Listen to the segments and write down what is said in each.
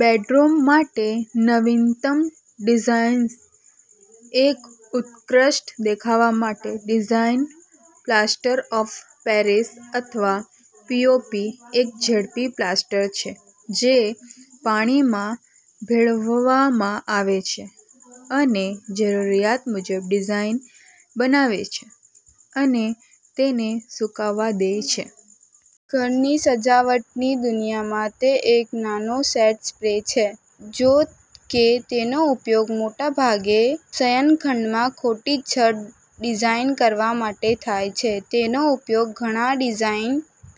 Bedroom માટે નવીનતમ designs એક ઉત્કૃષ્ટ દેખાવ માટે ડિઝાઇન્સ પ્લાસ્ટર ઓફ પેરિસ અથવા પીઓપી એક ઝડપી પ્લાસ્ટર છે જે પાણીમાં ભેળવવામાં આવે છે અને જરૂરિયાત મુજબ ડિઝાઇન બનાવે છે અને તેને સૂકવવા દે છે. ઘરની સજાવટની દુનિયામાં તે એક નાનો સેટ સ્પ્રે છે. જો કે તેનો ઉપયોગ મોટાભાગે શયનખંડમાં ખોટી છત ડિઝાઇન કરવા માટે થાય છે, તેનો ઉપયોગ ઘણા ડિઝાઇન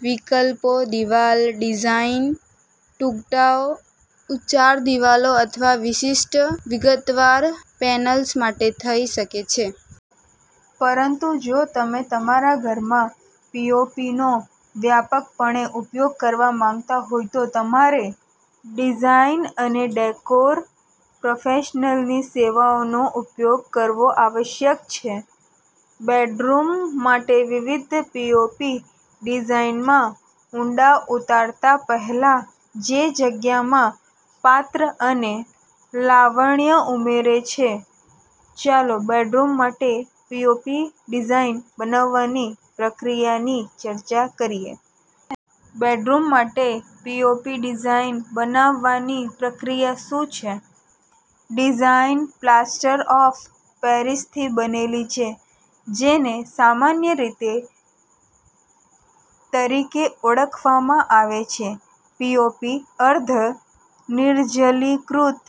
વિકલ્પો દિવાલ ડિઝાઇન ટુકડાઓ, ઉચ્ચાર દિવાલો અથવા વિશિષ્ટ વિગતવાર પેનલ્સ માટે થઈ શકે છે. પરંતુ જો તમે તમારા ઘરમાં પીઓપીનો વ્યાપકપણે ઉપયોગ કરવા માંગતા હોવ તો તમારે ડિઝાઇન અને ડેકોર પ્રોફેશનલ્સની સેવાઓનો ઉપયોગ કરવો આવશ્યક છે. બેડરૂમ માટે વિવિધ પીઓપી ડિઝાઇનમાં ઊંડા ઉતરતા પહેલા, જે જગ્યામાં પાત્ર અને લાવણ્ય ઉમેરે છે, ચાલો બેડરૂમ માટે પીઓપી ડિઝાઇન બનાવવાની પ્રક્રિયાની ચર્ચા કરીએ. બેડરૂમ માટે પીઓપી ડિઝાઇન બનાવવાની પ્રક્રિયા શું છે? ડિઝાઇન પ્લાસ્ટર ઑફ પેરિસથી બનેલી છે જેને સામાન્ય રીતે તરીકે ઓળખવામાં આવે છે. પીઓપી અર્ધ નિર્જલીકૃત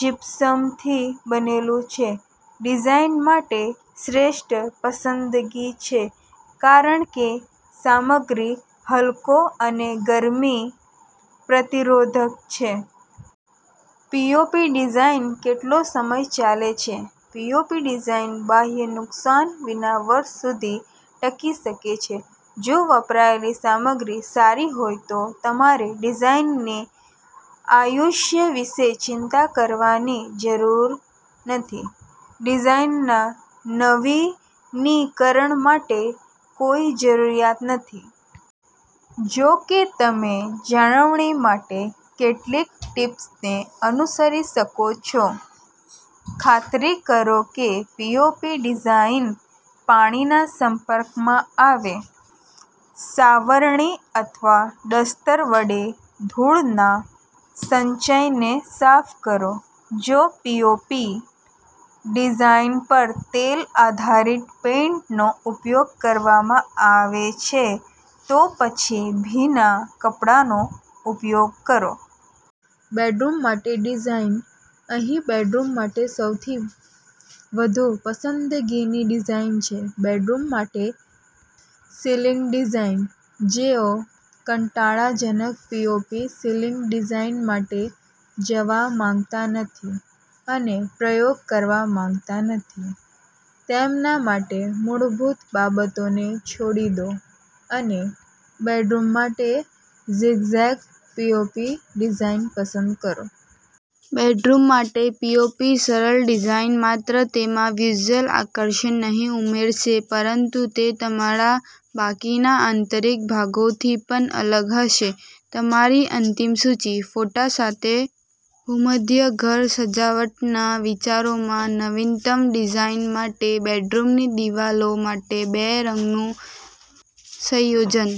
જીપ્સમથી બનેલું છે. ડિઝાઇન માટે શ્રેષ્ઠ પસંદગી છે કારણ કે સામગ્રી હલકો અને ગરમી પ્રતિરોધક છે. પીઓપી ડિઝાઇન કેટલો સમય ચાલે છે? પીઓપી ડિઝાઇન બાહ્ય નુકસાન વિના વર્ષ સુધી ટકી શકે છે. જો વપરાયેલી સામગ્રી સારી હોય તો તમારે ડિઝાઇનની આયુષ્ય વિશે ચિંતા કરવાની જરૂર નથી. ડિઝાઇનના નવીનીકરણ માટે કોઈ જરૂરિયાત નથી. જો કે, તમે જાળવણી માટે કેટલીક ટીપ્સને અનુસરી શકો છો. ખાતરી કરો કે પીઓપી ડિઝાઇન પાણીના સંપર્કમાં આવે સાવરણી અથવા ડસ્ટર વડે ધૂળના સંચયને સાફ કરો જો પીઓપી ડિઝાઇન પર તેલ આધારિત પેઇન્ટનો ઉપયોગ કરવામાં આવે છે, તો પછી ભીના કપડાનો ઉપયોગ કરો. બેડરૂમ માટે ડિઝાઇન અહીં બેડરૂમ માટે સૌથી વધુ પસંદગીની ડિઝાઇન છે બેડરૂમ માટે સિલિંગ ડિઝાઇન. જેઓ કંટાળાજનક પીઓપી સીલિંગ ડિઝાઇન માટે જવા માંગતા નથી અને પ્રયોગ કરવા માંગતા નથી, તેમના માટે મૂળભૂત બાબતોને છોડી દો અને બેડરૂમ માટે ઝિગ ઝેગ પીઓપી ડિઝાઇન પસંદ કરો. બેડરૂમ માટે પીઓપી સરળ ડિઝાઇન માત્ર તેમાં વિઝ્યુઅલ આકર્ષણ નહીં ઉમેરશે પરંતુ તે તમારા બાકીના આંતરિક ભાગોથી પણ અલગ હશે. તમારી અંતિમ સૂચિ, ફોટા સાથે ભૂમધ્ય ઘર સજાવટના વિચારોમાં નવીનતમ ડિઝાઇન માટે બેડરૂમની દિવાલો માટે બે રંગનું સંયોજન.